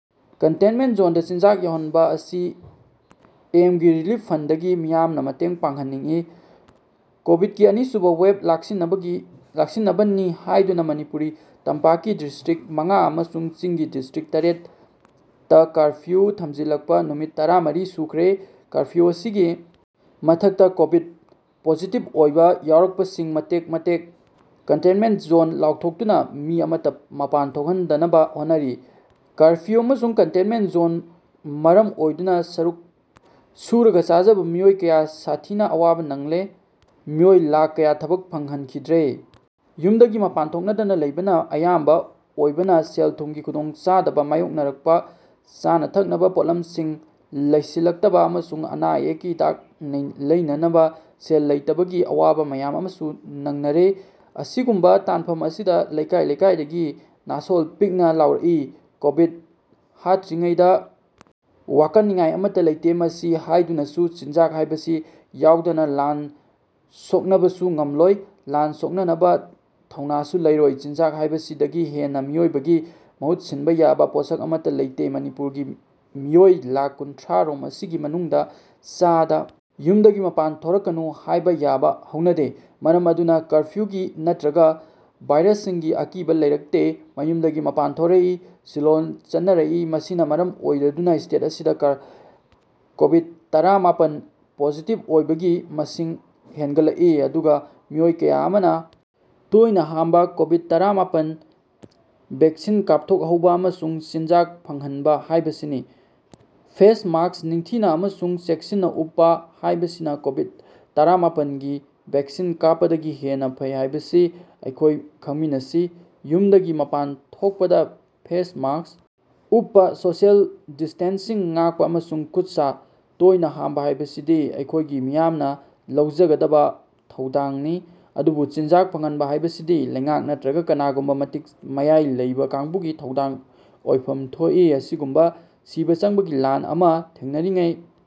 Contentment ꯖꯣꯟꯗ ꯆꯤꯟꯖꯥꯛ ꯌꯧꯍꯟꯕ ꯑꯁꯤ ꯑꯦꯝꯒꯤ ꯔꯤꯂꯤꯐ ꯐꯟꯗꯒꯤ ꯃꯤꯌꯥꯝꯅ ꯃꯇꯦꯡ ꯄꯥꯡꯍꯟꯅꯤꯡꯏ ꯀꯣꯚꯤꯗꯀꯤ ꯑꯅꯤꯁꯨꯕ ꯋꯦꯚ ꯂꯥꯛꯁꯤꯟꯅꯕꯒꯤ ꯂꯥꯛꯁꯤꯟꯅꯕꯅꯤ ꯍꯥꯏꯗꯨꯅ ꯃꯅꯤꯄꯨꯔꯒꯤ ꯇꯝꯄꯥꯛꯀꯤ ꯗꯤꯁꯇ꯭ꯔꯤꯛꯠ ꯃꯉꯥ ꯑꯃꯁꯨꯡ ꯆꯤꯡꯒꯤ ꯗꯤꯁꯇ꯭ꯔꯤꯛꯠ ꯇꯥꯔꯦꯠ ꯇꯥ ꯀꯔꯐ꯭ꯌꯨ ꯊꯝꯖꯤꯜꯂꯛꯄ ꯅꯨꯃꯤꯠ ꯇꯔꯥ ꯃꯔꯤ ꯁꯨꯈ꯭ꯔꯦ꯫ ꯀꯔꯐ꯭ꯌꯨ ꯑꯁꯤꯒꯤ ꯃꯊꯛꯇ ꯀꯣꯚꯤꯗ ꯄꯣꯖꯤꯇꯤꯚ ꯑꯣꯏꯕ ꯌꯥꯎꯔꯛꯄꯁꯤꯡ ꯃꯇꯦꯛ ꯃꯇꯦꯛ ꯀꯟꯇꯦꯟꯃꯦꯟꯠ ꯖꯣꯟ ꯂꯥꯎꯊꯣꯛꯇꯨꯅ ꯃꯤ ꯑꯃꯠꯇ ꯃꯄꯥꯟ ꯊꯣꯛꯍꯟꯗꯅꯕ ꯍꯣꯠꯅꯔꯤ꯫ ꯀꯔꯐ꯭ꯌꯨ ꯑꯃꯁꯨꯡ ꯀꯟꯇꯦꯟꯃꯦꯟꯠ ꯖꯣꯟ ꯃꯔꯝ ꯑꯣꯏꯔꯗꯨꯅ ꯁꯔꯨꯛ ꯁꯨꯔꯒ ꯆꯥꯖꯕ ꯃꯤꯑꯣꯏ ꯀꯌꯥ ꯁꯥꯊꯤꯅ ꯑꯋꯥꯕ ꯅꯪꯂꯦ, ꯃꯤꯑꯣꯏ ꯂꯥꯈ ꯀꯌꯥ ꯊꯕꯛ ꯐꯪꯍꯟꯈꯤꯗ꯭ꯔꯦ꯫ ꯌꯨꯝꯗꯒꯤ ꯃꯄꯥꯟ ꯊꯣꯛꯅꯗꯅ ꯂꯩꯅꯕꯅ ꯑꯌꯥꯝꯕ ꯑꯣꯏꯕꯅ ꯁꯦꯜ-ꯊꯨꯝꯒꯤ ꯈꯨꯗꯣꯡꯆꯥꯗꯕ ꯃꯥꯌꯣꯛꯅꯔꯛꯄ, ꯆꯥꯅ-ꯊꯛꯅꯕ ꯄꯣꯠꯂꯝꯁꯤꯡ ꯂꯩꯁꯤꯜꯂꯛꯇꯕ ꯑꯃꯁꯨꯡ ꯑꯅꯥ ꯑꯌꯦꯛꯀꯤ ꯍꯤꯗꯥꯛ ꯅꯩ ꯂꯩꯅꯅꯕ ꯁꯦꯜ ꯂꯩꯇꯕꯒꯤ ꯑꯋꯥꯕ ꯃꯌꯥꯝ ꯑꯃꯁꯨ ꯅꯪꯅꯔꯦ꯫ ꯑꯁꯤꯒꯨꯝꯕ ꯇꯥꯟꯐꯝ ꯑꯁꯤꯗ ꯂꯩꯀꯥꯏ ꯂꯩꯀꯥꯏꯗꯒꯤ ꯅꯥꯁꯣꯜ ꯄꯤꯛꯅ ꯂꯥꯎꯔꯛꯏ, ꯀꯣꯚꯤꯗ ꯍꯥꯠꯇ꯭ꯔꯤꯉꯩꯗ ꯋꯥꯀꯠꯅꯤꯉꯥꯏ ꯑꯃꯠꯇ ꯂꯩꯇꯦ꯫ ꯃꯁꯤ ꯍꯥꯏꯗꯨꯅꯁꯨ ꯆꯤꯟꯖꯥꯛ ꯍꯥꯏꯕꯁꯤ ꯌꯥꯎꯗꯅ ꯂꯥꯟ ꯁꯣꯛꯅꯕꯁꯨ ꯉꯝꯂꯣꯏ, ꯂꯥꯟ ꯁꯣꯛꯅꯅꯕ ꯊꯧꯅꯥꯁꯨ ꯂꯩꯔꯣꯏ꯫ ꯆꯤꯟꯖꯥꯛ ꯍꯥꯏꯕꯁꯤꯗꯒꯤ ꯍꯦꯟꯕ ꯃꯤꯑꯣꯏꯕꯒꯤ ꯃꯍꯨꯠ ꯁꯤꯟꯕ ꯌꯥꯕ ꯄꯣꯠꯁꯛ ꯑꯃꯠꯇ ꯂꯩꯇꯦ꯫ ꯃꯅꯤꯄꯨꯔꯒꯤ ꯃꯤꯑꯣꯏ ꯂꯥꯈ ꯀꯨꯟꯊꯔꯥ ꯔꯣꯝ ꯑꯁꯤꯒꯤ ꯃꯅꯨꯡꯗ ꯆꯥꯗ ꯌꯨꯝꯗꯒꯤ ꯃꯄꯥꯟ ꯊꯣꯔꯛꯀꯅꯨ ꯍꯥꯏꯕ ꯌꯥꯕ ꯍꯧꯅꯗꯦ꯫ ꯃꯔꯝ ꯑꯗꯨꯅ ꯀꯔꯐ꯭ꯌꯨꯒꯤ ꯅꯠꯇ꯭ꯔꯒ ꯚꯥꯏꯔꯁꯁꯤꯡꯒꯤ ꯑꯀꯤꯕ ꯂꯩꯔꯛꯇꯦ꯫ ꯃꯌꯨꯝꯗꯒꯤ ꯃꯄꯥꯟ ꯊꯣꯔꯛꯏ, ꯁꯤꯜꯂꯣꯟ ꯆꯠꯅꯔꯛꯏ꯫ ꯃꯁꯤꯅ ꯃꯔꯝ ꯑꯣꯏꯔꯗꯨꯅ ꯁ꯭ꯇꯦꯠ ꯑꯁꯤꯗ ꯀꯣꯚꯤꯗ-ꯇꯔꯥ ꯃꯥꯄꯟ ꯄꯣꯖꯤꯇꯤꯚ ꯑꯣꯏꯕꯒꯤ ꯃꯁꯤꯡ ꯍꯦꯟꯒꯠꯂꯛꯏ, ꯑꯗꯨꯒ ꯃꯤꯑꯣꯏ ꯀꯌꯥ ꯑꯃꯅ ꯇꯣꯏꯅ ꯍꯥꯝꯕ, ꯀꯣꯚꯤꯗ-ꯇꯔꯥ ꯃꯥꯄꯟ ꯚꯦꯛꯁꯤꯟ ꯀꯥꯞꯊꯣꯛꯍꯧꯕ ꯑꯃꯁꯨꯡ ꯆꯤꯟꯖꯥꯛ ꯐꯪꯍꯟꯕ ꯍꯥꯏꯕꯁꯤꯅꯤ꯫ ꯐꯦꯁ ꯃꯥꯁꯛ ꯅꯤꯡꯊꯤꯅ ꯑꯃꯁꯨꯡ ꯆꯦꯛꯁꯤꯟꯅ ꯎꯞꯄ ꯍꯥꯏꯕꯁꯤꯅ ꯀꯣꯚꯤꯗ ꯇꯔꯥ ꯃꯥꯄꯟ ꯒꯤ ꯚꯦꯛꯁꯤꯟ ꯀꯥꯞꯄꯗꯤ ꯍꯦꯟꯅ ꯐꯩ ꯍꯥꯏꯕꯁꯤ ꯑꯩꯈꯣꯏ ꯈꯪꯃꯤꯟꯅꯁꯤ꯫ ꯌꯨꯝꯗꯒꯤ ꯃꯄꯥꯟ ꯊꯣꯛꯄꯗ ꯐꯦꯁ ꯃꯥꯁꯛ ꯎꯞꯄ, ꯁꯣꯁꯤꯌꯦꯜ ꯗꯤꯁ꯭ꯇꯦꯟꯁꯤꯡ ꯉꯥꯛꯄ ꯑꯃꯁꯨꯡ ꯈꯨꯠ-ꯁꯥ ꯇꯣꯏꯅ ꯍꯥꯝꯕ ꯍꯥꯏꯕꯁꯤꯗꯤ ꯑꯩꯈꯣꯏꯒꯤ ꯃꯤꯌꯥꯝꯅ ꯂꯧꯖꯒꯗꯕ ꯊꯧꯗꯥꯡꯅꯤ ꯑꯗꯨꯕꯨ ꯆꯤꯟꯖꯥꯛ ꯐꯪꯍꯟꯕ ꯍꯥꯏꯕꯁꯤꯗꯤ ꯂꯩꯉꯥꯛ ꯅꯠꯇ꯭ꯔꯒ ꯀꯅꯥꯒꯨꯝꯕ ꯃꯇꯤꯛ ꯃꯌꯥꯏ ꯂꯩꯕ ꯀꯥꯡꯕꯨꯒꯤ ꯊꯧꯗꯥꯡ ꯑꯣꯏꯐꯝ ꯊꯣꯛꯏ꯫ ꯑꯁꯤꯒꯨꯝꯕ ꯁꯤꯕ ꯆꯪꯕꯒꯤ ꯂꯥꯟ ꯑꯃ ꯊꯦꯡꯅꯔꯤꯉꯩ